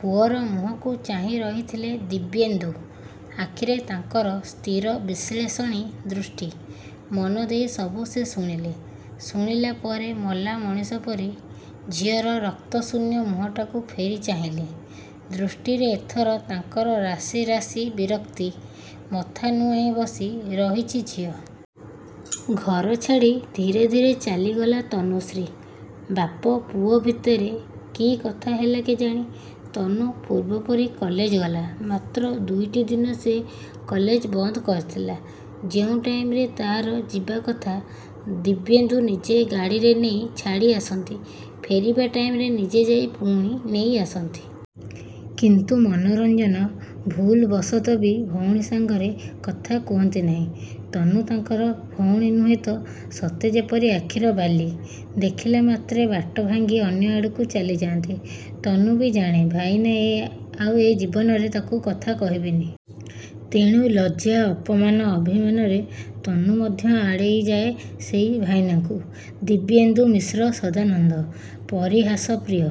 ପୁଅର ମୁହଁକୁ ଚାହିଁ ରହିଥିଲେ ଦିବ୍ୟେନ୍ଦୁ। ଆଖିରେ ତାଙ୍କର ସ୍ଥିର ବିଶ୍ଳେଷଣୀ ଦୃଷ୍ଟି। ମନଦେଇ ସବୁ ସେ ଶୁଣିଲେ। ଶୁଣିଲା ପରେ ମଲା ମଣିଷ ପରି ଝିଅର ରକ୍ତଶୂନ୍ୟ ମୁହଁଟାକୁ ଫେରି ଚାହିଁଲେ। ଦୃଷ୍ଟିରେ ଏଥର ତାଙ୍କର ରାଶି ରାଶି ବିରକ୍ତି। ମଥା ନୁଆଁଇ ବସି ରହିଛି ଝିଅ। ଘର ଛାଡ଼ି ଧୀରେ ଧୀରେ ଚାଲିଗଲା ତନୁଶ୍ରୀ। ବାପ ପୁଅ ଭିତରେ କି କଥା ହେଲେ କେଜାଣି, ତନୁ ପୂର୍ବପରି କଲେଜ ଗଲା। ମାତ୍ର ଦୁଇଟି ଦିନ ସେ କଲେଜ ବନ୍ଦ କୁଆସଥିଲା। ଯେଉଁ ଟାଇମ୍‌ରେ ତା'ର ଯିବା କଥା ଦିବ୍ୟେନ୍ଦୁ ନିଜେ ଗାଡ଼ିରେ ନେଇ ଛାଡ଼ି ଆସନ୍ତି, ଫେରିବା ଟାଇମ୍‌ରେ ନିଜେ ଯାଇ ପୁଣି ନେଇ ଆସନ୍ତି। କିନ୍ତୁ ମନୋରଞ୍ଜନ, ଭୁଲବଶତଃ ବି ଭଉଣୀ ସାଙ୍ଗରେ କଥା କୁହନ୍ତି ନାହିଁ। ତନୁ ତାଙ୍କର ଭଉଣୀ ନୁହେଁ ତ ସତେଯେପରି ଆଖିର ବାଲି। ଦେଖିଲା ମାତ୍ରେ ବାଟ ଭାଙ୍ଗି ଅନ୍ୟ ଆଡ଼କୁ ଚାଲି ଯାଆନ୍ତି। ତନୁ ବି ଜାଣେ, ଭାଇନା ଏ ଆଉ ଏ ଜୀବନରେ ତାକୁ କଥା କହିବେନି। ତେଣୁ ଲଜ୍ଜା, ଅପମାନ, ଅଭିମାନରେ ତନୁ ମଧ୍ୟ ଆଡ଼େଇ ଯାଏ ସେଇ ଭାଇନାଙ୍କୁ। ଦିବ୍ୟେନ୍ଦୁ ମିଶ୍ର ସଦାନନ୍ଦ, ପରିହାସପ୍ରିୟ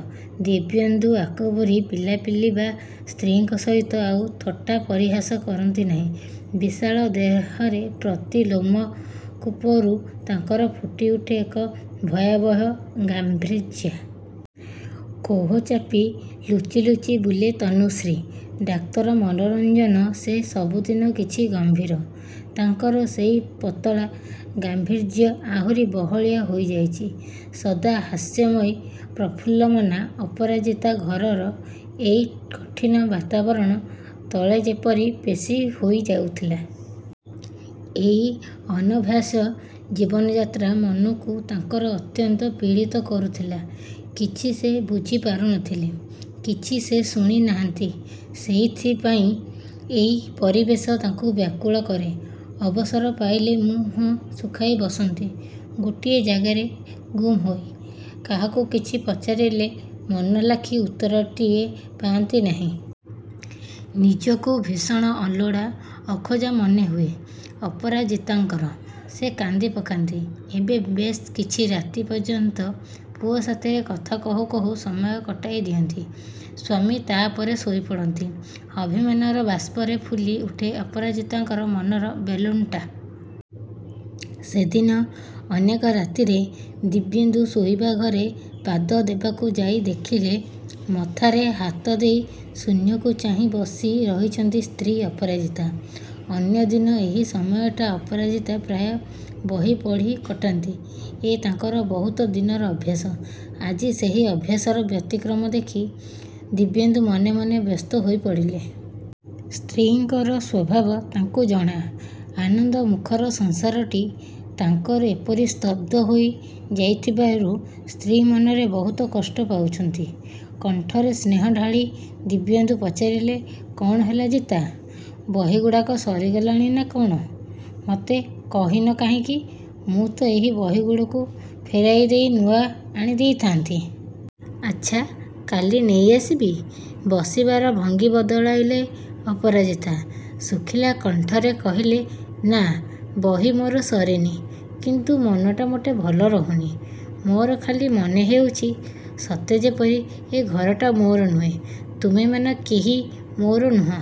ଦିବ୍ୟେନ୍ଦୁ ଆଗପରି ପିଲାପିଲି ବା ସ୍ତ୍ରୀଙ୍କ ସହିତ ଆଉ ଥଟ୍ଟା ପରିହାସ କରନ୍ତି ନାହିଁ। ବିଶାଳ ଦେହରେ ପ୍ରତି ଲୋମକୂପରୁ ତାଙ୍କର ଫୁଟି ଉଠେ ଏକ ଭୟାଭୟ ଗାମ୍ଭ୍ରିର୍ଯ୍ୟ। କୋହ ଚାପି ଲୁଚି ଲୁଚି ବୁଲେ ତନୁଶ୍ରୀ। ଡାକ୍ତର ମନୋରଞ୍ଜନ, ସେ ସବୁଦିନ କିଛି ଗମ୍ଭୀର। ତାଙ୍କର ସେଇ ପତଳା ଗାମ୍ଭୀର୍ଯ୍ୟ ଆହୁରି ବହଳିଆ ହୋଇ ଯାଇଛି। ସଦା ହାସ୍ୟମୟୀ, ପ୍ରଫୁଲ୍ଲମନା ଅପରାଜିତା ଘରର ଏଇ କଠିନ ବାତାବରଣ ତଳେ ଯେପରି ପେଷି ହୋଇ ଯାଉଥୁଲା। ଏଇ ଅନଭ୍ୟାସ ଜୀବନଯାତ୍ରା ମନୁକୁ ତାଙ୍କର ଅତ୍ୟନ୍ତ ପୀଡ଼ିତ କରୁଥିଲା। କିଛି ସେ ବୁଝି ପାରୁ ନଥିଲେ। କିଛି ସେ ଶୁଣି ନାହାନ୍ତି। ସେଇଥିପାଇଁ ଏଇ ପରିବେଶ ତାଙ୍କୁ ବ୍ୟାକୁଳ କରେ। ଅବସର ପାଇଲେ ମୁହଁ ଶୁଖାଇ ବସନ୍ତି ଗୋଟିଏ ଜାଗାରେ ଗୁମ୍ ହୋଇ। କାହାକୁ କିଛି ପଚାରିଲେ ମନଲାଖି ଉତ୍ତରଟିଏ ପାଆନ୍ତି ନାହିଁ। ନିଜକୁ ଭୀଷଣ ଅଲୋଡ଼ା, ଅଖୋଜା ମନେ ହୁଏ ଅପରାଜିତାଙ୍କର। ସେ କାନ୍ଦି ପକାନ୍ତି। ଏବେ ବେଶ୍ କିଛି ରାତି ପର୍ଯ୍ୟନ୍ତ ପୁଅ ସାଥିରେ କଥା କହୁ କହୁ ସମୟ କଟାଇ ଦିଅନ୍ତି ସ୍ୱାମୀ। ତା' ପରେ ଶୋଇ ପଡ଼ନ୍ତି। ଅଭିମାନର ବାଷ୍ପରେ ଫୁଲି ଉଠେ ଅପରାଜିତାଙ୍କର ମନର ବେଲୁନ୍‌ଟା। ସେଦିନ ଅନେକ ରାତିରେ ଦିବ୍ୟେନ୍ଦୁ ଶୋଇବା ଘରେ ପାଦ ଦେବାକୁ ଯାଇ ଦେଖିଲେ ମଥାରେ ହାତ ଦେଇ ଶୂନ୍ୟକୁ ଚାହିଁ ବସି ରହିଛନ୍ତି ସ୍ତ୍ରୀ ଅପରାଜିତା। ଅନ୍ୟଦିନ ଏହି ସମୟଟା ଅପରାଜିତା ପ୍ରାୟ ବହି ପଢ଼ି କଟାନ୍ତି। ଏ ତାଙ୍କର ବହୁତ ଦିନର ଅଭ୍ୟାସ। ଆଜି ସେହି ଅଭ୍ୟାସର ବ୍ୟତିକ୍ରମ ଦେଖି ଦିବ୍ୟେନ୍ଦୁ ମନେ ମନେ ବ୍ୟସ୍ତ ହୋଇ ପଡ଼ିଲେ। ସ୍ତ୍ରୀଙ୍କର ସ୍ୱଭାବ ତାଙ୍କୁ ଜଣା। ଆନନ୍ଦମୁଖର ସଂସାରଟି ତାଙ୍କର ଏପରି ସ୍ତବ୍ଧ ହୋଇ ଯାଇଥିବାରୁ ସ୍ତ୍ରୀ ମନରେ ବହୁତ କଷ୍ଟ ପାଉଛନ୍ତି। କଣ୍ଠରେ ସ୍ନେହ ଢାଳି ଦିବ୍ୟେନ୍ଦୁ ପଚାରିଲେ କ'ଣ ହେଲା ଜିତା? ବହିଗୁଡ଼ାକ ସରିଗଲାଣି ନା କ'ଣ? ମତେ କହିନ କାହିଁକି? ମୁଁ ତ ଏହି ବହିଗୁଡ଼ିକୁ ଫେରାଇ ଦେଇ ନୂଆ ଆଣି ଦେଇଥାଆନ୍ତି। ଆଚ୍ଛା, କାଲି ନେଇ ଆସିବି। ବସିବାର ଭଙ୍ଗୀ ବଦଳାଇଲେ ଅପରାଜିତା। ଶୁଖିଲା କଣ୍ଠରେ କହିଲେ ନା ବହି ମୋର ସରିନି, କିନ୍ତୁ ମନଟା ମୋଟେ ଭଲ ରହୁନି। ମୋର ଖାଲି ମନେ ହେଉଛି ସତେଯେପରି ଏ ଘରଟା ମୋର ନୁହେଁ, ତୁମେମାନେ କେହି ମୋର ନୁହଁ।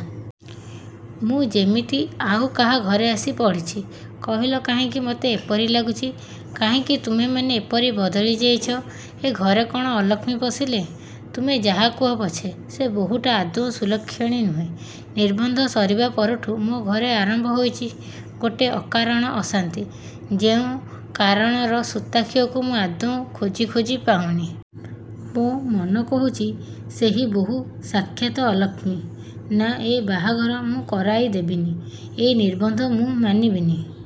ମୁଁ ଯେମିତି ଆଉ କାହା ଘରେ ଆସି ପଡ଼ିଛି। କହିଲ କାହିଁକି ମତେ ଏପରି ଲାଗୁଛି? କାହିଁକି ତୁମେମାନେ ଏପରି ବଦଳି ଯାଇଛ? ଏ ଘରେ କ'ଣ ଅଲକ୍ଷ୍ମୀ ପଶିଲେ? ତୁମେ ଯାହା କୁହ ପଛେ ସେ ବୋହୂଟା ଆଦୌ ସୁଲକ୍ଷଣୀ ନୁହେଁ। ନିର୍ବନ୍ଧ ସରିବା ପରଠୁ ମୋ ଘରେ ଆରମ୍ଭ ହୋଇଛି ଗୋଟେ ଅକାରଣ ଅଶାନ୍ତି ଯେଉଁ କାରଣର ସୂତାଖିଅକୁ ମୁଁ ଆଦୌ ଖୋଜି ଖୋଜି ପାଉନି। ମୋ ମନ କହୁଛି ସେହି ବୋହୂ ସାକ୍ଷାତ ଅଲକ୍ଷ୍ମୀ। ନା ଏ ବାହାଘର ମୁଁ କରାଇ ଦେବିନି। ଏଇ ନିର୍ବନ୍ଧ ମୁଁ ମାନିବିନି।